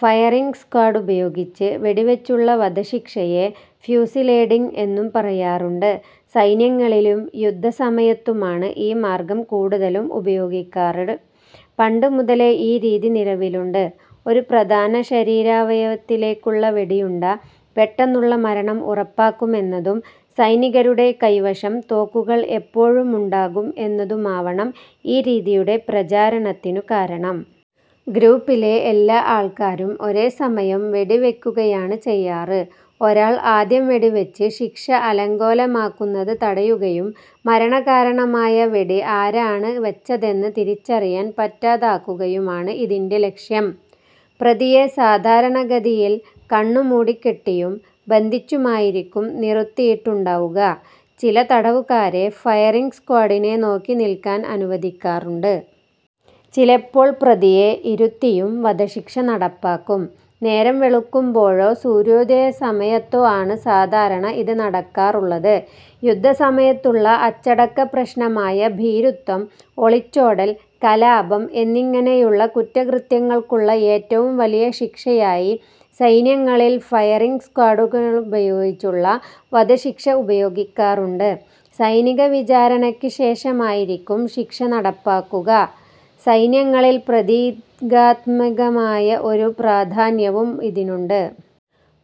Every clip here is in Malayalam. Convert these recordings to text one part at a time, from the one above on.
ഫയറിംഗ് സ്ക്വാഡുപയോഗിച്ച് വെടിവച്ചുള്ള വധശിക്ഷയെ ഫ്യൂസിലേഡിങ് എന്നും പറയാറുണ്ട്. സൈന്യങ്ങളിലും യുദ്ധസമയത്തുമാണ് ഈ മാർഗ്ഗം കൂടുതലുപയോഗിക്കാറ്. പണ്ടു മുതലേ ഈ രീതി നിലവിലുണ്ട്. ഒരു പ്രധാന ശരീരാവയവത്തിലേയ്ക്കുള്ള വെടിയുണ്ട പെട്ടെന്നുള്ള മരണം ഉറപ്പാക്കുമെന്നതും സൈനികരുടെ കൈവശം തോക്കുകൾ എപ്പോഴുമുണ്ടാകും എന്നതുമാവണം ഈ രീതിയുടെ പ്രചാരത്തിനു കാരണം. ഗ്രൂപ്പിലെ എല്ലാ ആൾക്കാരും ഒരേ സമയം വെടി വയ്ക്കുകയാണ് ചെയ്യാറ്. ഒരാൾ ആദ്യം വെടിവച്ച് ശിക്ഷ അലങ്കോലമാക്കുന്നത് തടയുകയും മരണകാരണമായ വെടി ആരാണ് വച്ചതെന്ന് തിരിച്ചറിയാൻ പറ്റാതാക്കുകയുമാണ് ഇതിന്റെ ലക്ഷ്യം. പ്രതിയെ സാധാരണഗതിയിൽ കണ്ണു മൂടിക്കെട്ടിയും ബന്ധിച്ചുമായിരിക്കും നിറുത്തിയിട്ടുണ്ടാവുക. ചില തടവുകാരെ ഫയറിംഗ് സ്ക്വാഡിനെ നോക്കി നിൽക്കാൻ അനുവദിക്കാറുണ്ട്. ചിലപ്പോൾ പ്രതിയെ ഇരുത്തിയും വധശിക്ഷ നടപ്പാക്കും. നേരം വെളുക്കുമ്പോഴോ സൂര്യോദയസമയത്തോ ആണ് സാധാരണ ഇത് നടക്കാറുള്ളത്. യുദ്ധസമയത്തുള്ള അച്ചടക്കപ്രശ്നമായ ഭീരുത്വം, ഒളിച്ചോടൽ, കലാപം എന്നിങ്ങനെയുള്ള കുറ്റകൃത്യങ്ങൾക്കുള്ള ഏറ്റവും വലിയ ശിക്ഷയായി സൈന്യങ്ങളിൽ ഫയറിംഗ് സ്ക്വാഡുപയോഗിച്ചുള്ള വധശിക്ഷ ഉപയോഗിക്കാറുണ്ട്. സൈനിക വിചാരണയ്ക്ക് ശേഷമായിരിക്കും ശിക്ഷ നടപ്പാക്കുക. സൈന്യങ്ങളിൽ പ്രതീകാത്മകമായ ഒരു പ്രാധാന്യവും ഇതിനുണ്ട്.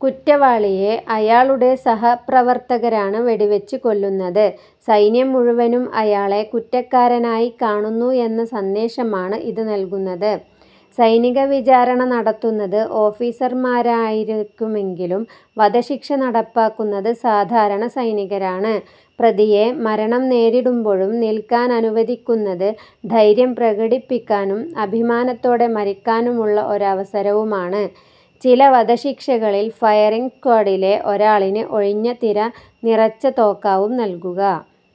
കുറ്റവാളിയെ അയാളുടെ സഹപ്രവർത്തകരാണ് വെടിവച്ച് കൊല്ലുന്നത്. സൈന്യം മുഴുവനും അയാളെ കുറ്റക്കാരനായി കാണുന്നു എന്ന സന്ദേശമാണ് ഇതു നൽകുന്നത്. സൈനിക വിചാരണ നടത്തുന്നത് ഓഫീസർമാരായിരിക്കുമെങ്കിലും വധശിക്ഷ നടപ്പാക്കുന്നത് സാധാരണ സൈനികരാണ്. പ്രതിയെ മരണം നേരിടുമ്പോഴും നിൽക്കാനനുവദിക്കുന്നത് ധൈര്യം പ്രകടിപ്പിക്കാനും അഭിമാനത്തോടെ മരിക്കാനുമുള്ള ഒരവസരവുമാണ്. ചില വധശിക്ഷകളിൽ ഫയറിംഗ് സ്ക്വാഡിലെ ഒരാളിന് ഒഴിഞ്ഞ തിര നിറച്ച തോക്കാവും നൽകുക.